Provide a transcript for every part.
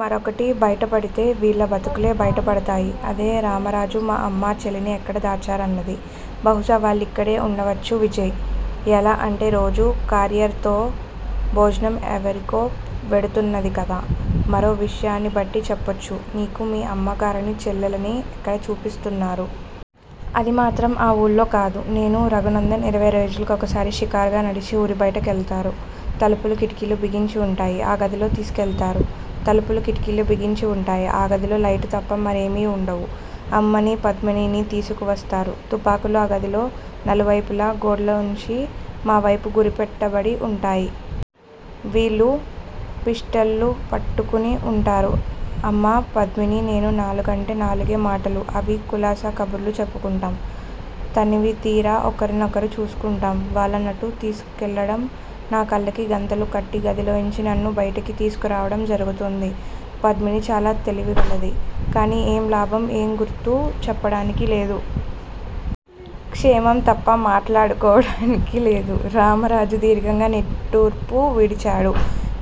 మరొకటి బైటపడితే వీళ్ళ బతుకులే బైటపడతాయి. అదేరామరాజు, మా అమ్మ, చెల్లిని ఎక్కడ దాచారన్నది. బహుశా వాళ్ళిక్కడే వుండవచ్చు విజయ్! ఎలా అంటే రోజూ క్యారియర్ తో భోజనం ఎవరికో వెడుతున్నది కదా! మరో విషయాన్నిబట్టి చెప్పొచ్చు. నీకు మీ అమ్మ గారిని, చెల్లెల్ని ఎక్కడ చూపిస్తున్నారు? అదిమాత్రం ఆ వూళ్ళోకాదు. నేను, రఘునందన్ ఇరవై రోజులకొకసారి షికారుగా నడిచి ఊరిబైట కెళతారు. తలుపులు, కిటికీలు బిగించివుంటాయి. ఆ గదిలో తీసుకెళతారు. తలుపులు, కిటికీలు బిగించివుంటాయి. ఆ గదిలో లైటుతప్ప మరేమీవుండవు. అమ్మని, పద్మినిని తీసుకువస్తారు, తుపాకులు ఆ గదిలో నలువైపులా గోడల్లోంచి మా వైపు గురిపెట్టబడి వుంటాయి. వీళ్ళు పిష్టలుపట్టుకునివుంటారు. అమ్మా, పద్మిని, నేను నాలుగంటే నాలుగే మాటలు-అవీ కులాసా కబుర్లు చెప్పుకుంటాం. తనివిదీరా ఒకరినొకరు చూసుకుంటాం వాళ్ళ నటు తీసుకెళ్ళడం, నా కళ్ళకి గంతలుకట్టి గదిలోంచి నన్ను బైటకి తీసుకురావడం జరుగుతుంది. పద్మిని చాల తెలివికలది. కానీ ఏం లాభం? ఏ గుర్తూ చెప్పడానికి లేదు. క్షేమం తప్ప మాట్లాడుకోడానికి లేదు రామరాజు దీర్ఘంగా నిట్టూర్పు విడిచాడు.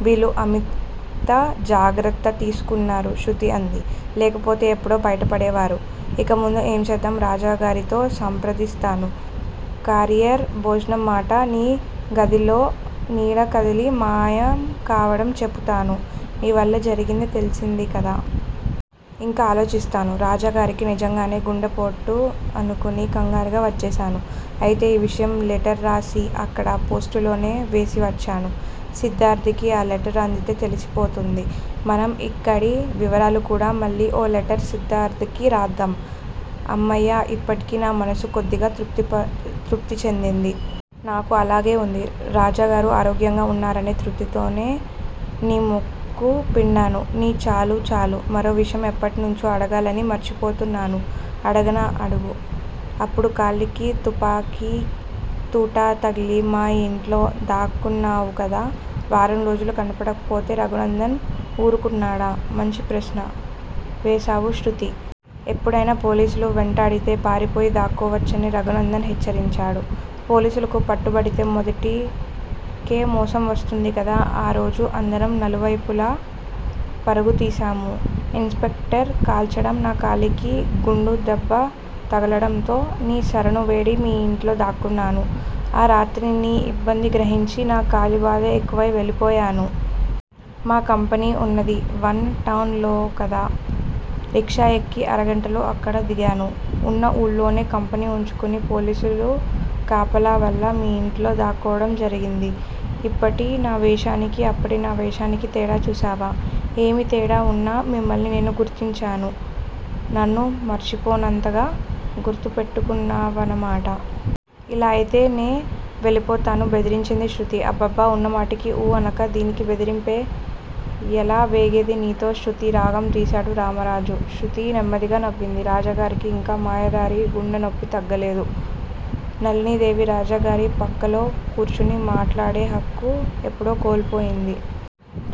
వీళ్ళు అమిత జాగ్రత్తతీసుకున్నారు శృతి అంది. లేకపోతే ఎప్పుడో బైటపడేవారు. ఇకముందు ఏం చేద్దాం! రాజాగారితో సంప్రదిస్తాను. క్యారియర్ భోజనం మాట, నీ గదిలో నీడ కదిలి మాయం కావటం చెపుతాను. నీవల్ల జరిగింది తెలిసిందికదా. ఇంక ఆలోచిస్తాను. రాజాగారికి నిజంగానే గుండెపొటనుకొని కంగారుగా వచ్చేశాను. అయితే ఈ విషయం లెటర్ రాసి అక్కడ పోస్టులోనే వేసివచ్చాను. సిద్దార్థకి ఆ లెటరు అందితే తెలిసిపోతుంది. మనం ఇక్కడి వివరాలుకూడా మళ్ళీ ఓ లెటర్ సిద్దార్థకి రాద్దాం. అమ్మయ్య ఇప్పటికి నా మనసు కొద్దిగా తృప్తి చెందింది. నాకూ అలాగే వుంది. రాజాగారు ఆరోగ్యంగా వున్నారనే తృప్తితో నీ ముక్కు పిండాను. నీ చాలు. చాలు. మరో విషయం ఎప్పటినుంచో అడగాలని మర్చిపోతున్నాను. అడగనా? అడుగు! అప్పుడు కాలికి తుపాకి తూటా తగిలి మా యింట్లో దాక్కున్నావుకదా! వారంరోజులు కనబడకపోతే రఘునందన్ వూరుకున్నాడా? మంచి ప్రశ్నే వేశావు శృతీ. ఎప్పుడైనా పోలీసులు వెంటాడితే పారిపోయి దాక్కోవచ్చని రఘునందన్ హెచ్చరించాడు. పోలీసులకు పట్టుబడితే మొదటికే మోసంవస్తుంది కదా. ఆ రోజు అందరం నలువైపులా పరుగు తీశాము. ఇన్ స్పెక్టర్ కాల్చడం, నా కాలికి గుండు దెబ్బ తగలడంతో నీ శరణు వేడి మీ యింట్లో దాక్కున్నాను. ఆ రాత్రి నీ ఇబ్బంది గ్రహించి, నా కాలిబాధ ఎక్కువయి వెళ్ళిపోయాను. మా కంపెనీ వున్నది వన్ టౌనులోకదా! రిక్షాయెక్కి అరగంటలో అక్కడ దిగాను. ఉన్న ఊళ్ళోనే కంపెనీ వుంచుకుని పోలీసు కాపలావల్ల మీ ఇంట్లో దాక్కోవటం జరిగింది. ఇప్పటి నా వేషానికి, అప్పటి నా వేషానికి తేడా చూశావా! ఏమి తేడావున్నా మిమ్మల్ని నేను గుర్తించాను. నన్ను మర్చిపోనంతగా గుర్తుపెట్టుకున్నావన్నమాట! ఇలా అయితే నే వెళ్ళిపొతాను బెదిరించింది శృతి. అబ్బబ్బా ఉన్నమాటకి ఊ అనక, దీనికీ బెదిరింపే? ఎలా వేగేది నీతో శృతీ రాగం తీశాడు రామరాజు. శృతి నెమ్మదిగా నవ్వింది. రాజాగారికి ఇంకా మాయదారి గుండెనొప్పి తగ్గలేదు. నళినీదేవి రాజాగారి పక్కలో కూర్చొని మాట్లాడే హక్కు ఎప్పుడో కోల్పోయింది.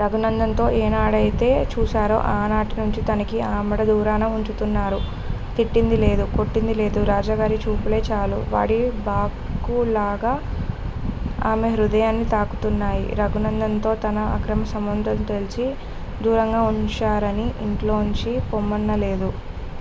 రఘునందన్ తో ఏనాడయితే చూశారో ఆనాటినుంచీ తనకి ఆమడ దూరాన వుంచుతున్నారు. తిట్టిందిలేదు. కొట్టింది లేదు. రాజాగారి చూపులే చాలు. వాడి బాకుల్లాగా ఆమెహృదయాన్ని తాకుతున్నాయి. రఘునందన్ తో తన అక్రమ సంబంధం తెలిసి దూరంగా వుంచారుగాని ఇంట్లోంచి పొమ్మనలేదు.